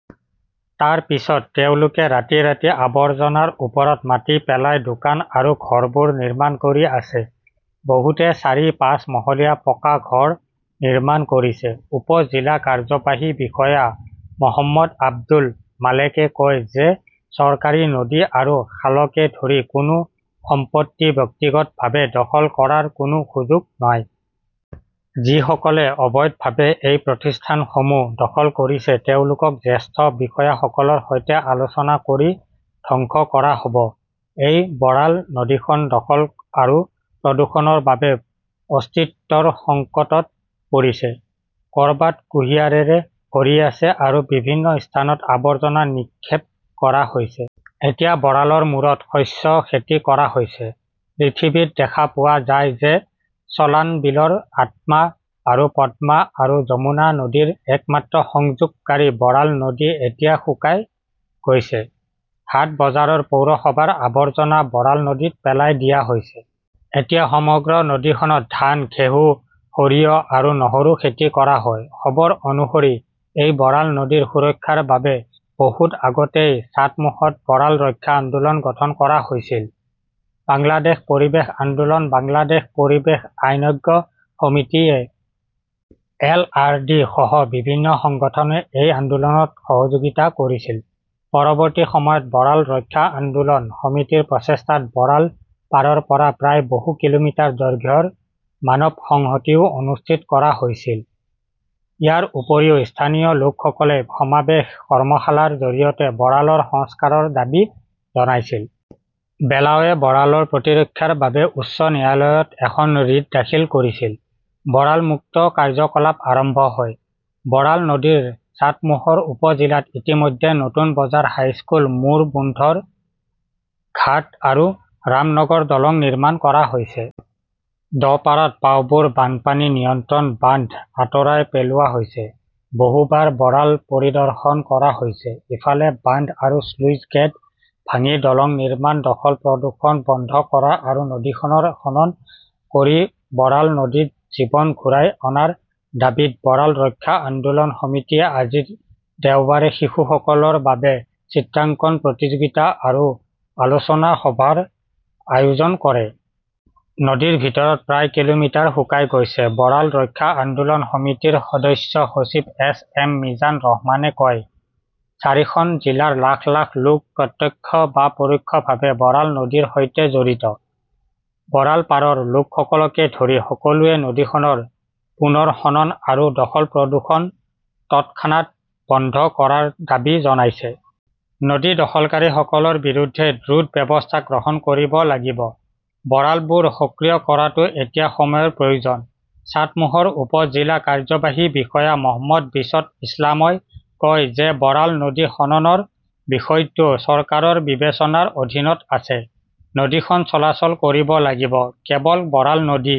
তাৰ পিছত তেওঁলোকে ৰাতিৰাতি আৱৰ্জনাৰ ওপৰত মাটি পেলাই দোকান আৰু ঘৰবোৰ নিৰ্মাণ কৰি আছে। বহুতে চাৰি-পাঁচ মহলীয়া পকা ঘৰ নিৰ্মাণ কৰিছে। উপ-জিলা কাৰ্যবাহী বিষয়া মহম্মদ আব্দুল মালেকে কয় যে চৰকাৰী নদী আৰু খালকে ধৰি কোনো সম্পত্তি ব্যক্তিগতভাৱে দখল কৰাৰ কোনো সুযোগ নাই। যিসকলে অবৈধভাৱে এই প্ৰতিষ্ঠানসমূহ দখল কৰিছে তেওঁলোকক জ্যেষ্ঠ বিষয়াসকলৰ সৈতে আলোচনা কৰি ধ্বংস কৰা হ'ব। এই বৰাল নদীখন দখল আৰু প্ৰদূষণৰ বাবে অস্তিত্বৰ সংকটত পৰিছে। ক'ৰবাত কুঁহিয়াৰেৰে ভৰি আছে আৰু বিভিন্ন স্থানত আৱৰ্জনা নিক্ষেপ কৰা হৈছে। এতিয়া বৰালৰ মূৰত শস্য খেতি কৰা হৈছে। পৃথিৱীত দেখা পোৱা যায় যে চলানবিলৰ আত্মা আৰু পদ্মা আৰু যমুনা নদীৰ একমাত্ৰ সংযোগকাৰী বৰাল নদী এতিয়া শুকাই গৈছে। হাট-বজাৰৰ, পৌৰসভাৰ আৱৰ্জনা বৰাল নদীত পেলাই দিয়া হৈছে। এতিয়া সমগ্ৰ নদীখনত ধান, ঘেঁহু, সৰিয়হ আৰু নহৰু খেতি কৰা হয়। খবৰ অনুসৰি এই বৰাল নদীৰ সুৰক্ষাৰ বাবে বহুত আগতেই চাটমোহত বৰাল ৰক্ষা আন্দোলন গঠন কৰা হৈছিল। বাংলাদেশ পৰিৱেশ আন্দোলন, বাংলাদেশ পৰিৱেশ আইনজ্ঞ সমিতি, এ. এল. আৰ. এ. সহ বিভিন্ন সংগঠনে এই আন্দোলনত সহযোগিতা কৰিছিল। পৰৱৰ্তী সময়ত বৰাল ৰক্ষা আন্দোলন সমিতিৰ প্ৰচেষ্টাত বৰাল পাৰৰ পৰা প্ৰায় বহু কিলোমিটাৰ দৈৰ্ঘ্যৰ মানৱ সংহতিও অনুষ্ঠিত কৰা হৈছিল। ইয়াৰ উপৰিও, স্থানীয় লোকসকলে সমাৱেশ, কৰ্মশালাৰ জৰিয়তে বৰালৰ সংস্কাৰৰ দাবী জনাইছিল। বেলাৱে বৰালৰ প্ৰতিৰক্ষাৰ বাবে উচ্চ ন্যায়ালয়ত এখন ৰিট দাখিল কৰিছিল। বৰাল মুক্ত কাৰ্যকলাপ আৰম্ভ হয়। বৰাল নদীৰ চাটমোহৰ উপ জিলাত ইতিমধ্যে নতুন বজাৰ হাইস্কুল মোৰ বোন্থৰ ঘাট আৰু ৰামনগৰ দলং নিৰ্মাণ কৰা হৈছে। দহপাৰাত পাউবোৰ বানপানী নিয়ন্ত্ৰণ বান্ধ আঁতৰাই পেলোৱা হৈছে। বহুবাৰ বাৰাল পৰিদৰ্শন কৰা হৈছে। ইফালে, বান্ধ আৰু শ্লুইচ গেট ভাঙি দলং নিৰ্মাণ, দখল-প্ৰদূষণ বন্ধ কৰা আৰু নদীখনৰ খনন কৰি বৰাল নদীত জীৱন ঘূৰাই অনাৰ দাবীত বৰাল ৰক্ষা আন্দোলন সমিতিয়ে আজি দেওবাৰে শিশুসকলৰ বাবে চিত্ৰাংকন প্ৰতিযোগিতা আৰু আলোচনা সভাৰ আয়োজন কৰে। নদীৰ ভিতৰত প্ৰায় কিলোমিটাৰ শুকাই গৈছে, বৰাল ৰক্ষা আন্দোলন সমিতিৰ সদস্য সচিব এছ এম মিজান ৰহমানে কয়। চাৰিখন জিলাৰ লাখ লাখ লোক প্ৰত্যক্ষ বা পৰোক্ষভাৱে বৰাল নদীৰ সৈতে জড়িত। বৰাল পাৰৰ লোকসকলকে ধৰি সকলোৱে নদীখনৰ পুনৰ খনন আৰু দখল-প্ৰদূষণ তৎক্ষণাত বন্ধ কৰাৰ দাবী জনাইছে। নদী দখলকাৰীসকলৰ বিৰুদ্ধে দ্ৰুত ব্যৱস্থা গ্ৰহণ কৰিব লাগিব। বৰালবোৰ সক্ৰিয় কৰাটো এতিয়া সময়ৰ প্ৰয়োজন। চাটমোহৰ উপ-জিলা কাৰ্যবাহী বিষয়া মহম্মদ বিচট ইছলামই কয় যে বৰাল নদী খননৰ বিষয়টো চৰকাৰৰ বিবেচনাৰ অধীনত আছে। নদীখন চলাচল কৰিব লাগিব। কেৱল বৰাল নদী